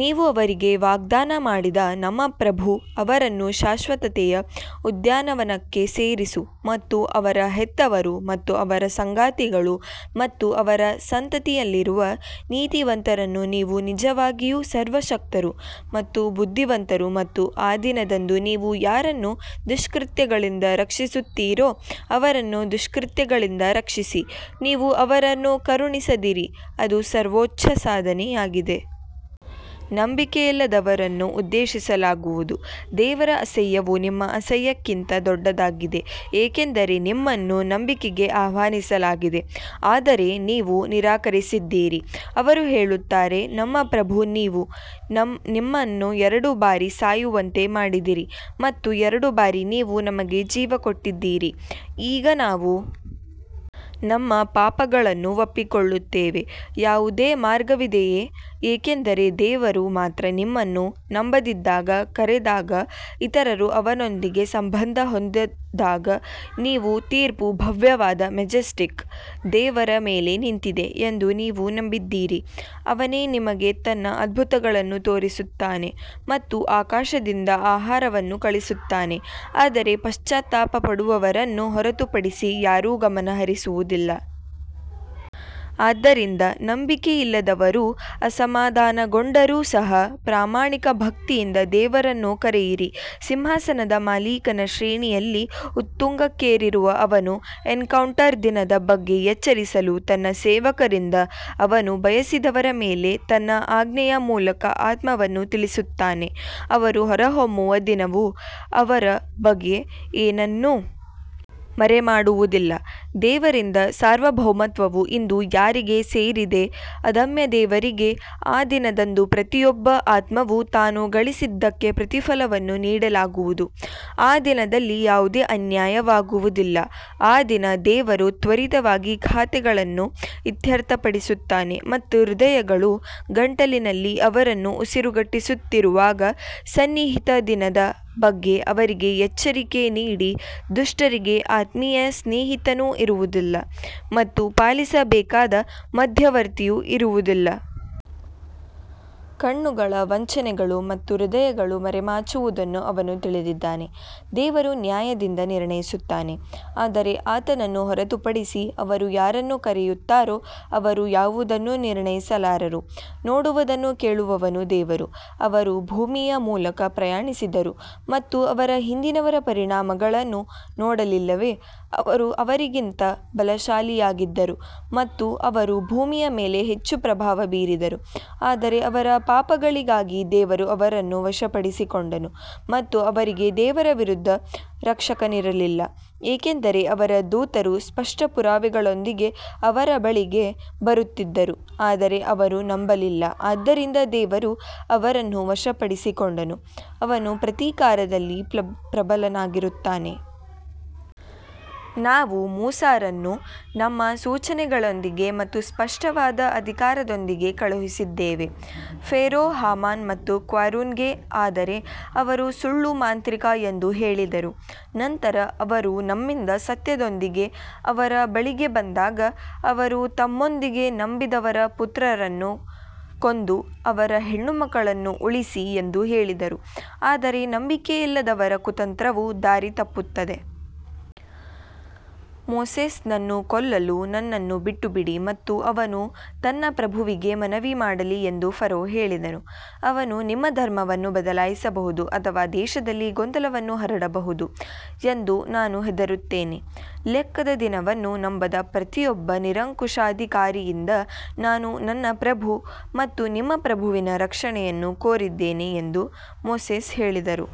ನೀವು ಅವರಿಗೆ ವಾಗ್ದಾನ ಮಾಡಿದ ನಮ್ಮ ಪ್ರಭು ಅವರನ್ನು ಶಾಶ್ವತತೆಯ ಉದ್ಯಾನವನಕ್ಕೆ ಸೇರಿಸು ಮತ್ತು ಅವರ ಹೆತ್ತವರು ಮತ್ತು ಅವರ ಸಂಗಾತಿಗಳು ಮತ್ತು ಅವರ ಸಂತತಿಯಲ್ಲಿರುವ ನೀತಿವಂತರನ್ನು ನೀವು ನಿಜವಾಗಿಯೂ ಸರ್ವಶಕ್ತರು ಮತ್ತು ಬುದ್ಧಿವಂತರು ಮತ್ತು ಆ ದಿನದಂದು ನೀವು ಯಾರನ್ನು ದುಷ್ಕೃತ್ಯಗಳಿಂದ ರಕ್ಷಿಸುತ್ತೀರೋ ಅವರನ್ನು ದುಷ್ಕೃತ್ಯಗಳಿಂದ ರಕ್ಷಿಸಿ, ನೀವು ಅವರನ್ನು ಕರುಣಿಸಿದಿರಿ ಅದು ಸರ್ವೋಚ್ಚ ಸಾಧನೆಯಾಗಿದೆ. ನಂಬಿಕೆಯಿಲ್ಲದವರನ್ನು ಉದ್ದೇಶಿಸಲಾಗುವುದು ದೇವರ ಅಸಹ್ಯವು ನಿಮ್ಮ ಅಸಹ್ಯಕ್ಕಿಂತ ದೊಡ್ಡದಾಗಿದೆ ಏಕೆಂದರೆ ನಿಮ್ಮನ್ನು ನಂಬಿಕೆಗೆ ಆಹ್ವಾನಿಸಲಾಗಿದೆ ಆದರೆ ನೀವು ನಿರಾಕರಿಸಿದ್ದೀರಿ ಅವರು ಹೇಳುತ್ತಾರೆ ನಮ್ಮ ಪ್ರಭು ನೀವು ನಮ್ಮನ್ನು ಎರಡು ಬಾರಿ ಸಾಯುವಂತೆ ಮಾಡಿದಿರಿ ಮತ್ತು ಎರಡು ಬಾರಿ ನೀವು ನಮಗೆ ಜೀವ ಕೊಟ್ಟಿದ್ದೀರಿ ಈಗ ನಾವು ನಮ್ಮ ಪಾಪಗಳನ್ನು ಒಪ್ಪಿಕೊಳ್ಳುತ್ತೇವೆ ಯಾವುದೇ ಮಾರ್ಗವಿದೆಯೇ ಏಕೆಂದರೆ ದೇವರು ಮಾತ್ರ ನಿಮ್ಮನ್ನು ನಂಬದಿದ್ದಾಗ ಕರೆದಾಗ ಇತರರು ಅವನೊಂದಿಗೆ ಸಂಬಂಧ ಹೊಂದಿದ್ದಾಗ ನೀವು ತೀರ್ಪು ಭವ್ಯವಾದ ಮೆಜೆಸ್ಟಿಕ್ ದೇವರ ಮೇಲೆ ನಿಂತಿದೆ ಎಂದು ನೀವು ನಂಬಿದ್ದೀರಿ ಅವನೇ ನಿಮಗೆ ತನ್ನ ಅದ್ಭುತಗಳನ್ನು ತೋರಿಸುತ್ತಾನೆ ಮತ್ತು ಆಕಾಶದಿಂದ ಆಹಾರವನ್ನು ಕಳುಹಿಸುತ್ತಾನೆ ಆದರೆ ಪಶ್ಚಾತ್ತಾಪ ಪಡುವವರನ್ನು ಹೊರತುಪಡಿಸಿ ಯಾರೂ ಗಮನ ಹರಿಸುವುದಿಲ್ಲ. ಆದ್ದರಿಂದ ನಂಬಿಕೆಯಿಲ್ಲದವರು ಅಸಮಾಧಾನಗೊಂಡರೂ ಸಹ ಪ್ರಾಮಾಣಿಕ ಭಕ್ತಿಯಿಂದ ದೇವರನ್ನು ಕರೆಯಿರಿ ಸಿಂಹಾಸನದ ಮಾಲೀಕನ ಶ್ರೇಣಿಯಲ್ಲಿ ಉತ್ತುಂಗಕ್ಕೇರಿರುವ ಅವನು ಎನ್ಕೌಂಟರ್ ದಿನದ ಬಗ್ಗೆ ಎಚ್ಚರಿಸಲು ತನ್ನ ಸೇವಕರಿಂದ ಅವನು ಬಯಸಿದವರ ಮೇಲೆ ತನ್ನ ಆಜ್ಞೆಯ ಮೂಲಕ ಆತ್ಮವನ್ನು ತಿಳಿಸುತ್ತಾನೆ ಅವರು ಹೊರಹೊಮ್ಮುವ ದಿನವು ಅವರ ಬಗ್ಗೆ ಏನನ್ನೂ ಮರೆಮಾಡುವುದಿಲ್ಲ ದೇವರಿಂದ ಸಾರ್ವಭೌಮತ್ವವು ಇಂದು ಯಾರಿಗೆ ಸೇರಿದೆ ಅದಮ್ಯ ದೇವರಿಗೆ ಆ ದಿನದಂದು ಪ್ರತಿಯೊಬ್ಬ ಆತ್ಮವು ತಾನು ಗಳಿಸಿದ್ದಕ್ಕೆ ಪ್ರತಿಫಲವನ್ನು ನೀಡಲಾಗುವುದು ಆ ದಿನದಲ್ಲಿ ಯಾವುದೇ ಅನ್ಯಾಯವಾಗುವುದಿಲ್ಲ, ಆ ದಿನ ದೇವರು ತ್ವರಿತವಾಗಿ ಖಾತೆಗಳನ್ನು ಇತ್ಯರ್ಥಪಡಿಸುತ್ತಾನೆ ಮತ್ತು ಹೃದಯಗಳು ಗಂಟಲಿನಲ್ಲಿ ಅವರನ್ನು ಉಸಿರುಗಟ್ಟಿಸುತ್ತಿರುವಾಗ ಸನ್ನಿಹಿತ ದಿನದ ಬಗ್ಗೆ ಅವರಿಗೆ ಎಚ್ಚರಿಕೆ ನೀಡಿ, ದುಷ್ಟರಿಗೆ ಆತ್ಮೀಯ ಸ್ನೇಹಿತನೂ ಇರುವುದಿಲ್ಲ ಮತ್ತು ಪಾಲಿಸಬೇಕಾದ ಮಧ್ಯವರ್ತಿಯೂ ಇರುವುದಿಲ್ಲ. ಕಣ್ಣುಗಳ ವಂಚನೆಗಳು ಮತ್ತು ಹೃದಯಗಳು ಮರೆಮಾಚುವುದನ್ನು ಅವನು ತಿಳಿದಿದ್ದಾನೆ ದೇವರು ನ್ಯಾಯದಿಂದ ನಿರ್ಣಯಿಸುತ್ತಾನೆ ಆದರೆ ಆತನನ್ನು ಹೊರತುಪಡಿಸಿ ಅವರು ಯಾರನ್ನು ಕರೆಯುತ್ತಾರೋ ಅವರು ಯಾವುದನ್ನೂ ನಿರ್ಣಯಿಸಲಾರರು, ನೋಡುವದನ್ನು ಕೇಳುವವನು ದೇವರು. ಅವರು ಭೂಮಿಯ ಮೂಲಕ ಪ್ರಯಾಣಿಸಿದರು ಮತ್ತು ಅವರ ಹಿಂದಿನವರ ಪರಿಣಾಮಗಳನ್ನು ನೋಡಲಿಲ್ಲವೇ ಅವರು ಅವರಿಗಿಂತ ಬಲಶಾಲಿಯಾಗಿದ್ದರು ಮತ್ತು ಅವರು ಭೂಮಿಯ ಮೇಲೆ ಹೆಚ್ಚು ಪ್ರಭಾವ ಬೀರಿದರು ಆದರೆ ಅವರ ಪಾಪಗಳಿಗಾಗಿ ದೇವರು ಅವರನ್ನು ವಶಪಡಿಸಿಕೊಂಡನು ಮತ್ತು ಅವರಿಗೆ ದೇವರ ವಿರುದ್ಧ ರಕ್ಷಕನಿರಲಿಲ್ಲ ಏಕೆಂದರೆ ಅವರ ದೂತರು ಸ್ಪಷ್ಟ ಪುರಾವೆಗಳೊಂದಿಗೆ ಅವರ ಬಳಿಗೆ ಬರುತ್ತಿದ್ದರು ಆದರೆ ಅವರು ನಂಬಲಿಲ್ಲ ಆದ್ದರಿಂದ ದೇವರು ಅವರನ್ನು ವಶಪಡಿಸಿಕೊಂಡನು, ಅವನು ಪ್ರತೀಕಾರದಲ್ಲಿ ಪ್ರಬಲನಾಗಿರುತ್ತಾನೆ. ನಾವು ಮೂಸಾರನ್ನು ನಮ್ಮ ಸೂಚನೆಗಳೊಂದಿಗೆ ಮತ್ತು ಸ್ಪಷ್ಟವಾದ ಅಧಿಕಾರದೊಂದಿಗೆ ಕಳುಹಿಸಿದ್ದೇವೆ ಫೇರೋ ಹಾಮಾನ್ ಮತ್ತು ಕ್ವಾರೂನ್ಗೆ ಆದರೆ ಅವರು ಸುಳ್ಳು ಮಾಂತ್ರಿಕ ಎಂದು ಹೇಳಿದರು ನಂತರ ಅವರು ನಮ್ಮಿಂದ ಸತ್ಯದೊಂದಿಗೆ ಅವರ ಬಳಿಗೆ ಬಂದಾಗ ಅವರು ತಮ್ಮೊಂದಿಗೆ ನಂಬಿದವರ ಪುತ್ರರನ್ನು ಕೊಂದು ಅವರ ಹೆಣ್ಣುಮಕ್ಕಳನ್ನು ಉಳಿಸಿ ಎಂದು ಹೇಳಿದರು ಆದರೆ ನಂಬಿಕೆಯಿಲ್ಲದವರ ಕುತಂತ್ರವು ದಾರಿ ತಪ್ಪುತ್ತದೆ. ಮೋಸೆಸ್ನನ್ನು ಕೊಲ್ಲಲು ನನ್ನನ್ನು ಬಿಟ್ಟುಬಿಡಿ ಮತ್ತು ಅವನು ತನ್ನ ಪ್ರಭುವಿಗೆ ಮನವಿ ಮಾಡಲಿ ಎಂದು ಫರೋ ಹೇಳಿದನು, ಅವನು ನಿಮ್ಮ ಧರ್ಮವನ್ನು ಬದಲಾಯಿಸಬಹುದು ಅಥವಾ ದೇಶದಲ್ಲಿ ಗೊಂದಲವನ್ನು ಹರಡಬಹುದು ಎಂದು ನಾನು ಹೆದರುತ್ತೇನೆ ಲೆಕ್ಕದ ದಿನವನ್ನು ನಂಬದ ಪ್ರತಿಯೊಬ್ಬ ನಿರಂಕುಶಾಧಿಕಾರಿಯಿಂದ ನಾನು ನನ್ನ ಪ್ರಭು ಮತ್ತು ನಿಮ್ಮ ಪ್ರಭುವಿನ ರಕ್ಷಣೆಯನ್ನು ಕೋರಿದ್ದೇನೆ ಎಂದು ಮೋಸೆಸ್ ಹೇಳಿದರು.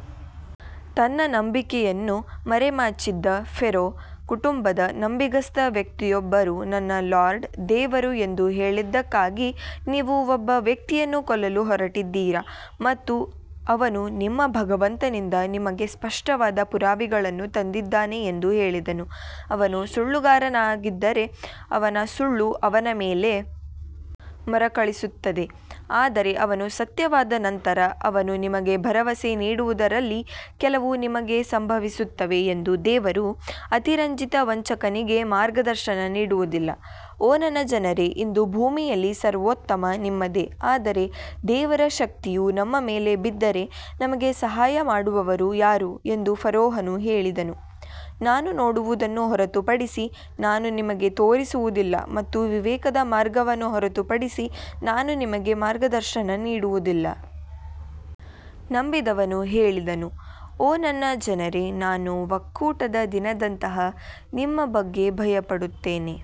ತನ್ನ ನಂಬಿಕೆಯನ್ನು ಮರೆಮಾಚಿದ್ದ ಫೇರೋ ಕುಟುಂಬದ ನಂಬಿಗಸ್ತ ವ್ಯಕ್ತಿಯೊಬ್ಬರು ನನ್ನ ಲಾರ್ಡ್ ದೇವರು ಎಂದು ಹೇಳಿದ್ದಕ್ಕಾಗಿ ನೀವು ಒಬ್ಬ ವ್ಯಕ್ತಿಯನ್ನು ಕೊಲ್ಲಲು ಹೊರಟಿದ್ದೀರಾ ಮತ್ತು ಅವನು ನಿಮ್ಮ ಭಗವಂತನಿಂದ ನಿಮಗೆ ಸ್ಪಷ್ಟವಾದ ಪುರಾವೆಗಳನ್ನು ತಂದಿದ್ದಾನೆ ಎಂದು ಹೇಳಿದನು ಅವನು ಸುಳ್ಳುಗಾರನಾಗಿದ್ದರೆ ಅವನ ಸುಳ್ಳು ಅವನ ಮೇಲೆ ಮರುಕಳಿಸುತ್ತದೆ ಆದರೆ ಅವನು ಸತ್ಯವಾದ ನಂತರ ಅವನು ನಿಮಗೆ ಭರವಸೆ ನೀಡುವುದರಲ್ಲಿ ಕೆಲವು ನಿಮಗೆ ಸಂಭವಿಸುತ್ತವೆ ಎಂದು ದೇವರು ಅತಿರಂಜಿತ ವಂಚಕನಿಗೆ ಮಾರ್ಗದರ್ಶನ ನೀಡುವುದಿಲ್ಲ ಓ ನನ್ನ ಜನರೇ ಇಂದು ಭೂಮಿಯಲ್ಲಿ ಸರ್ವೋತ್ತಮ ನಿಮ್ಮದೇ ಆದರೆ ದೇವರ ಶಕ್ತಿಯು ನಮ್ಮ ಮೇಲೆ ಬಿದ್ದರೆ ನಮಗೆ ಸಹಾಯ ಮಾಡುವವರು ಯಾರು ಎಂದು ಫರೋಹನು ಹೇಳಿದನು, ನಾನು ನೋಡುವುದನ್ನು ಹೊರತುಪಡಿಸಿ ನಾನು ನಿಮಗೆ ತೋರಿಸುವುದಿಲ್ಲ ಮತ್ತು ವಿವೇಕದ ಮಾರ್ಗವನ್ನು ಹೊರತುಪಡಿಸಿ ನಾನು ನಿಮಗೆ ಮಾರ್ಗದರ್ಶನ ನೀಡುವುದಿಲ್ಲ. ನಂಬಿದವನು ಹೇಳಿದನು ಓ ನನ್ನ ಜನರೇ ನಾನು ಒಕ್ಕೂಟದ ದಿನದಂತಹ ನಿಮ್ಮ ಬಗ್ಗೆ ಭಯಪಡುತ್ತೇನೆ.